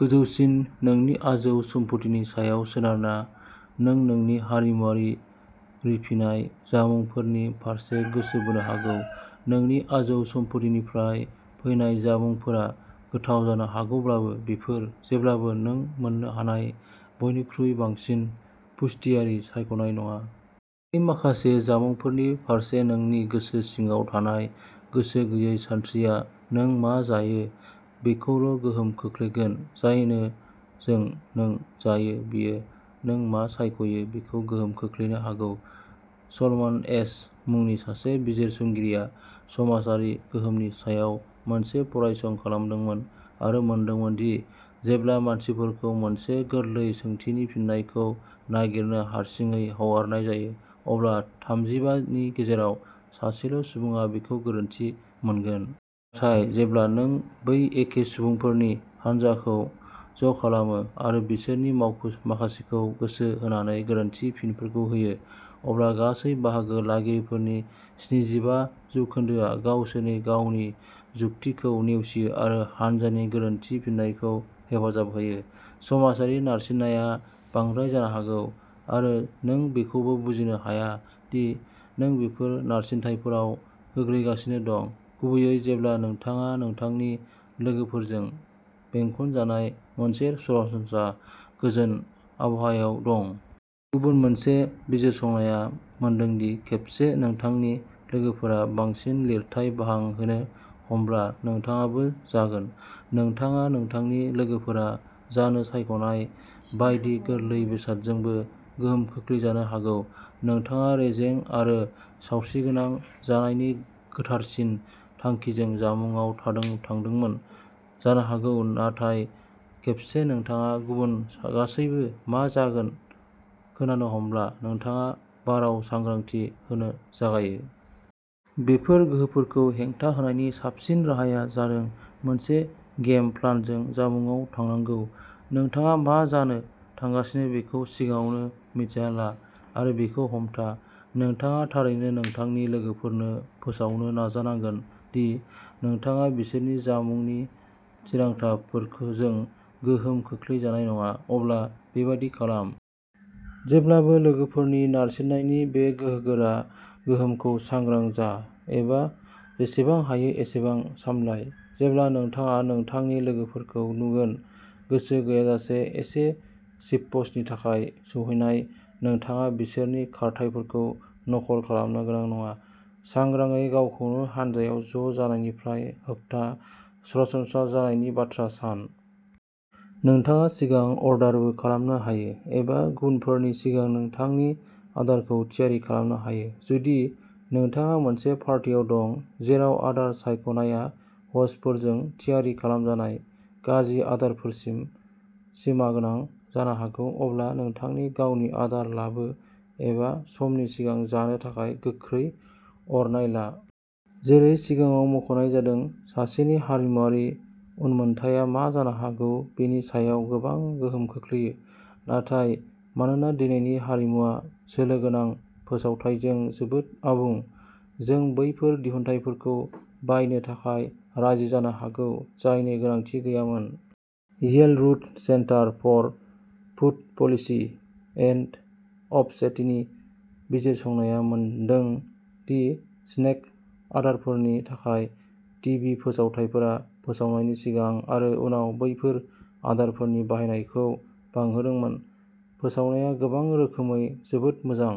गोजौसिम नोंनि आजौ सम्फुथिनि सायाव सोनारना, नों नोंनि हारिमुआरि रिफिनाय जामुंफोरनि फारसे गोसो बोनो हागौ। नोंनि आजौ सम्फुथिनिफ्राय फैनाय जामुंफोरा गोथाव जानो हागौब्लाबो, बेफोर जेब्लाबो नों मोननो हानाय बयनिख्रुइ बांसिन पुष्टियारि सायख'नाय नङा। नोंनि माखासे जामुंफोरनि फारसे नोंनि गोसो सिङाव थानाय गोसो गैयै सानस्रिया नों मा जायो बेखौल'गोहोम खोख्लैगोन जायजों नों जायो बियो नों मा सायख'यो बेखौ गोहोम खोख्लैनो हागौ। सल'मन एश मुंनि सासे बिजिरसंगिरिआ समाजारि गोहोमनि सायाव मोनसे फरायसं खालामदोंमोन आरो मोनदोंमोन दि जेब्ला मानसिफोरखौ मोनसे गोरलै सोंथिनि फिननायखौ नागिरनो हारसिङै हगारनाय जायो, अब्ला थामजिबा नि गेजेराव सासेल' सुबुङा बेखौ गोरोन्थि मोनगोन। नाथाय जेब्ला नों बै एखे सुबुंफोरनि हानजाखौ ज'खालामो आरो बिसोरनि माखासेखौ गोसो होनानै गोरोन्थि फिनफोर होयो, अब्ला गासै बाहागो लागिरिफोरनि स्निजिबा जौखोनदोआ गावसोरनि गावनि जुक्तिखौ नेवसियो आरो हान्जानि गोरोन्थि फिननायखौ हेफाजाब होयो। समाजारि नारसिननाया बांद्राय जानो हागौ, आरो नों बेखौबो बुजिनो हाया दि नों बेफोर नारसिनथायफोराव गोग्लैगासिनो दं, गुबैयै जेब्ला नोंथाङा नोंथांनि लोगोफोरजों बेंखनजानाय मोनसे सरासनस्रा, गोजोन आबहावायाव दं। गुबुन मोनसे बिजिरसंनाया मोनदों दि खेबसे नोंथांनि लोगोफोरा बांसिन लिरथाय बांहोनो हमब्ला, नोंथाङाबो जागोन। नोंथाङा नोंथांनि लोगोफोरा जानो सायख'नाय बायदि गोरलै बेसादजोंबो गोहोम खोख्लैजानो हागौ। नोंथाङा रेजें आरो सावस्रिगोनां जानायनि गोथारसिन थांखिजों जामुंआव थांदोंमोन जानो हागौ, नाथाय खेबसे नोंथाङा गुबुन गासैबो मा जागोन खोनानो हमब्ला, नोंथाङा बाराव सांग्रांथि होनो जागायो। बेफोर गोहोफोरखौ हेंथा होनायनि साबसिन राहाया जादों मोनसे गेम प्लानजों जामुंआव थांनांगौ। नोंथाङा मा जानो थांगासिनो बेखौ सिगाङावनो मिन्थिना ला, आरो बेखौ हमथा। नोंथाङा थारैनो नोंथांनि लोगोफोरनो फोसावनो नाजानांगोन दि नोंथाङा बिसोरनि जामुंनि थिरांथाफोरजों गोहोम खोख्लै जानाय नङा, अब्ला बेबादि खालाम। जेब्लाबो लोगोफोरनि नारसिननायनि बे गोहोगोरा गोहोमखौ सांग्रां जा, एबा जेसेबां हायो एसेबां सामलाय। जेब्ला नोंथाङा नोंथांनि लोगोफोरखौ नुगोन। गोसो गैयाजासे एसे चिप्सनि थाखाय सौहैनाय, नोंथाङा बिसोरनि खारथाइफोरखौ नखल खालामनो गोनां नङा। सांग्रांयै गावखौनो हानजायाव ज' जानायनिफ्राय होबथा सरासनस्रा जानायनि बाथ्रा सान। नोंथाङा सिगां अर्डारबो खालामनो हायो, एबा गुबुनफोरनि सिगां नोंथांनि आदारखौ थियारि खालामनो हायो। जुदि नोंथाङा मोनसे पार्टियाव दं जेराव आदार सायख'नायआ ह'स्टफोरजों थियारि खालामजानाय गाज्रि आदारफोरसिम सिमागोनां जानो हागौ अब्ला नोंथांनि गावनि आदार लाबो एबा समनि सिगां जानो थाखाय गोख्रै अरनाय ला। जेरै सिगाङाव मख'नाय जादों सासेनि हारिमुआरि उनमोनथाइया मा जानो हागौ बेनि सायाव गोबां गोहोम खोख्लैयो। नाथाय मानोना दिनैनि हारिमुआ सोलो गोनां फोसावथाइजों जोबोद आबुं, जों बैफोर दिहुनथायफोरखौ बायनो थाखाय राजि जानो हागौ जायनि गोनांथि गैयामोन। Yale Rudd Center for Food Policy and अब'सेटिनि बिजिरसंनाया मोनदों दि स्नेक आदारफोरनि थाखाय टिभि फोसावथायफोरा फोसावनायनि सिगां आरो उनाव बैफोर आदारफोरनि बाहायनायखौ बांहोदोंमोन। फोसावनाया गोबां रोखोमै जोबोद मोजां।